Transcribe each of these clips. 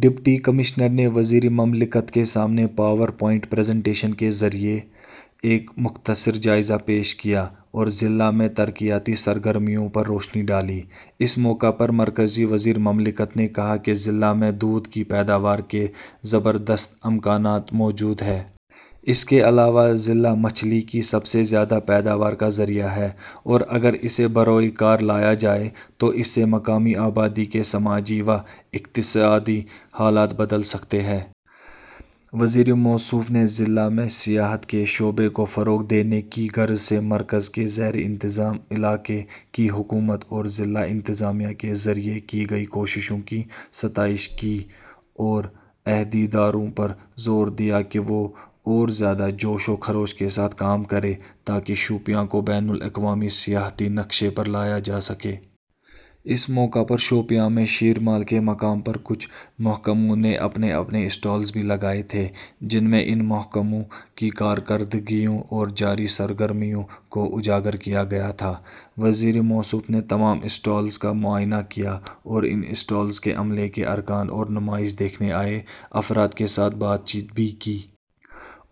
Deputy commissioner نے وزیر مملکت کے سامنے پاور پوائنٹ پریزینٹیشن کے ذریعہ ایک مختصر جائزہ پیش کیا اور ضلع میں ترقیاتی سرگرمیوں پر روشنی ڈالی۔ اس موقع پر مرکزی وزیر مملکت نے کہا کہ ضلع میں دودھ کی پیداوار کے زبردست امکانات موجود ہیں۔ اس کے علاوہ ضلع مچھلی کی سب سے زیادہ پیداوار کا ذریعہ ہے اور اگر اسے بروئے کار لایا جائے تو اس سے مقامی آبادی کے سماجی و اقتصادی حالات بدل سکتے ہیں۔ وزیر موصوف نے ضلع میں سیاحت کے شعبے کو فروغ دینے کی غرض سے مرکز کے زیر انتظام علاقے کی حکومت اور ضلع انتظامیہ کے ذریعہ کی گئی کوششوں کی ستائش کی اور عہدیداروں پر زور دیا کہ وہ اور زیادہ جوش و خروش کے ساتھ کام کریں تاکہ شوپیاں کو بین الاقوامی سیاحتی نقشے پر لایا جا سکے۔ اس موقع پر شوپیاں میں شیرمال کے مقام پر کچھ محکموں نے اپنے اپنے اسٹالز بھی لگائے تھے جن میں ان محکموں کی کارکردگیوں اور جاری سرگرمیوں کو اجاگر کیا گیا تھا۔ وزیر موصوف نے تمام اسٹالز کا معائنہ کیا اور ان اسٹالز کے عملے کے ارکان اور نمائش دیکھنے آئے افراد کے ساتھ بات چیت بھی کی۔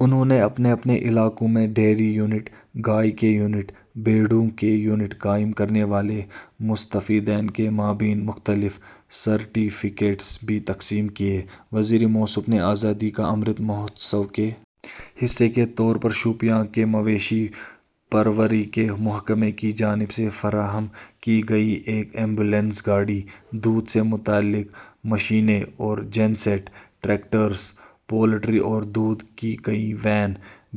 انہوں نے اپنے اپنے علاقوں میں ڈیری یونٹ، گائے کے یونٹ، بھیڑوں کے یونٹ قائم کرنے والے مستفیدین کے مابین مختلف سرٹیفکیٹس بھی تقسیم کیے۔ وزیر موصوف نے آزادی کا امرت مہوتسو کے حصے کے طور پر شوپیاں کے مویشی پروری کے محکمے کی جانب سے فراہم کی گئی ایک ایمبولینس گاڑی، دودھ سے متعلق مشینیں اور جین سیٹ، ٹریکٹرز، پولٹری اور دودھ کی کئی وین،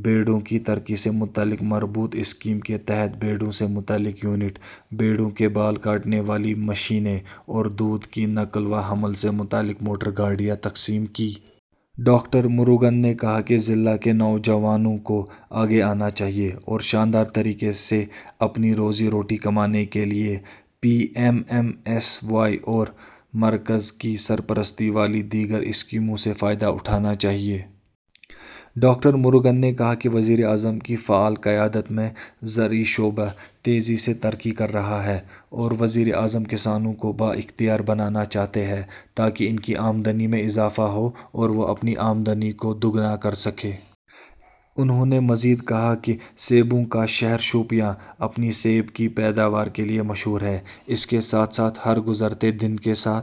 بھیڑوں کی ترقی سے متعلق مربوط اسکیم کے تحت بھیڑوں سے متعلق یونٹ، بھیڑوں کے بال کاٹنے والی مشینیں اور دودھ کی نقل و حمل سے متعلق موٹر گاڑیاں تقسیم کیں۔ ڈاکٹر موروگن نے کہا کہ ضلع کے نوجوانوں کو آگے آنا چاہیے اور شاندار طریقے سے اپنی روزی روٹی کمانے کے لیے P M M S Y اور مرکز کی سرپرستی والی دیگر اسکیموں سے فائدہ اٹھانا چاہیے۔ ڈاکٹر موروگن نے کہا کہ وزیر اعظم کی فعال قیادت میں زرعی شعبہ تیزی سے ترقی کر رہا ہے اور وزیر اعظم کسانوں کو بااختیار بنانا چاہتے ہیں تاکہ ان کی آمدنی میں اضافہ ہو اور وہ اپنی آمدنی کو دوگنا کرسکیں۔ انہوں نے مزید کہا کہ سیبوں کا شہر شوپیاں، اپنی سیب کی پیداوار کے لیے مشہور ہے، اس کے ساتھ ساتھ ہر گزرتے دن کے ساتھ